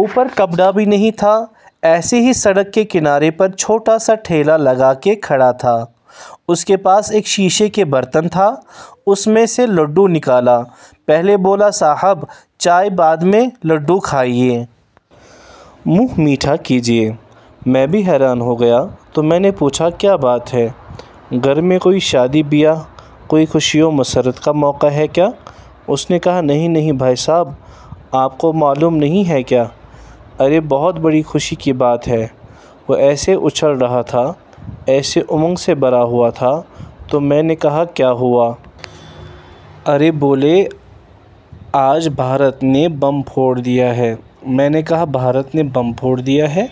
اوپر کپڑابھی نہیں تھا ایسے ہی سڑک کے کنارے پر چھوٹا سا ٹھیلہ لگا کے کھڑا تھا۔ اس کے پاس ایک شیشے کے برتن تھا، اس میں سے لڈو نکالا، پہلے بولا صاحب، چائے بعد میں، لڈو کھایئے۔ منھ میٹھا کیجئے۔ میں بھی حیران ہوگیا تو میں نے پوچھا کیا بات ہے گھر میں کوئی شادی-بیاہ کوئی خوشی ومسرت کا موقع ہے کیا! اس نے کہا نہیں نہیں بھائی صاحب، آپ کو معلوم نہیں کیا؟ ارے بہت بڑی خوشی کی بات ہے وہ ایسے اچھل رہا تھا، ایسے امنگ سے بھرا ہوا تھا، تو میں نے کہا کیا ہوا! ارے بولے آج بھارت نے بم پھوڑ دیا ہے۔ میں نے کہا بھارت نے بم پھوڑ دیا ہے!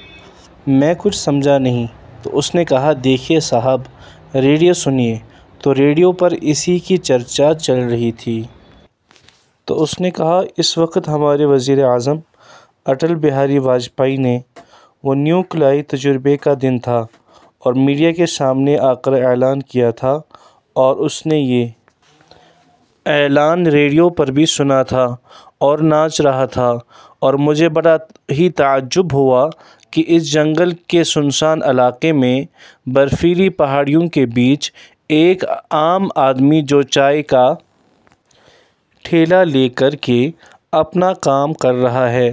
میں کچھ سمجھا نہیں! تو اس نے کہا، دیکھئے صاحب ، ریڈیو سنئے۔ تو ریڈیو پر اسی کی چرچا چل رہی تھی۔ تو اس نے کہا اس وقت ہمارے وزیر اعظم اٹل بہاری واجپئی نے – وہ نیو کلیائی تجربہ کا دن تھا اور میڈیا کے سامنے آکر اعلان کیا تھا اور اس نے یہ اعلان ریڈیو پر بھی سنا تھا اور ناچ رہا تھا اور مجھے بڑا ہی تعجب ہوا کہ اس جنگل کے سنسان علاقے میں، برفیلی پہاڑیوں کے بیچ، ایک عام آدمی جو چائے کا ٹھیلہ لے کر کے اپنا کام کر رہا ہے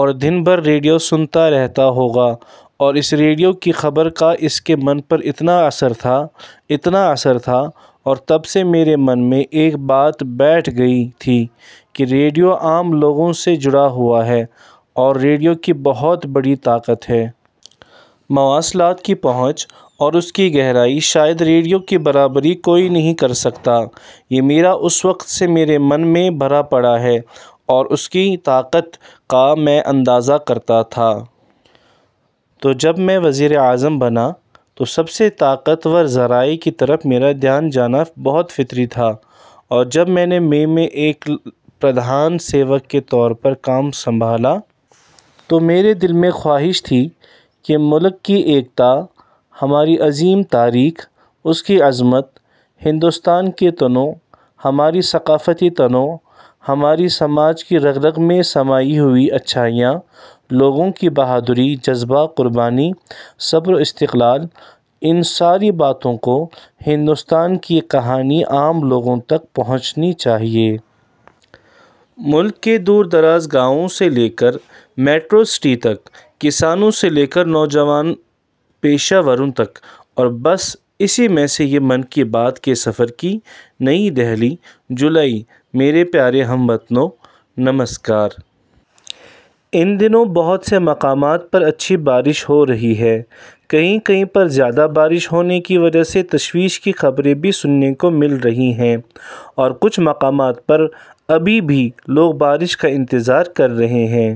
اور دن بھر ریڈیو سنتا رہتا ہوگا اور اس ریڈیو کی خبر کا اس کے من پر اتنا اثر تھا، اتنا اثر تھا اور تب سے میرے من میں ایک بات بیٹھ گئی تھی کہ ریڈیو عام لوگوں سے جڑا ہوا ہے اور ریڈیو کی بہت بڑی طاقت ہے۔ مواصلات کی پہنچ اور اس کی گہرائی، شاید ریڈیو کی برابری کوئی نہیں کرسکتا یہ میرا اس وقت سے میرے من میں بھرا پڑا ہے اور اس کی طاقت کا میں اندازہ کرتا تھا۔ تو جب میں وزیر اعظم بنا تو سب سے طاقت ور ذرائع کی طرف میرا دھیان جانا بہت فطری تھا۔ اور جب میں نے مئی میں ایک 'پردھان-سیوک' کے طور پر کام سنبھالا تو میرے دل میں خواہش تھی کہ ملک کی ایکتا، ہماری عظیم تاریخ، اس کی عظمت ، ہندوستان کی تنوع، ہماری ثقافتی تنوع، ہمارے سماج کی رگ رگ میں سمائی ہوئی اچھائیاں، لوگوں کی بہادری ،جذبہ، قربانی ،صبر واستقلال ان ساری باتوں کو، ہندوستان کی یہ کہانی عام لوگوں تک پہنچنی چاہئے۔ ملک کے دور دراز گاؤوں سے لے کر میٹرو سٹی تک، کسانوں سے لے کر نوجوان پیشہ وروں تک اور بس اسی میں سے یہ 'من کی بات' کے سفر کی. نئیدہلی۔ جولائی ؛ میرے پیارے ہم وطنوں، نمسکار۔ ان دنوں بہت سے مقامات پر اچھی بارش ہو رہی ہے۔ کہیں کہیں پر زیادہ بارش ہونے کی وجہ سے تشویش کی خبریں بھی سننے کو مل رہی ہیں اور کچھ مقامات پر ابھی بھی لوگ بارش کا انتظار کر رہے ہیں۔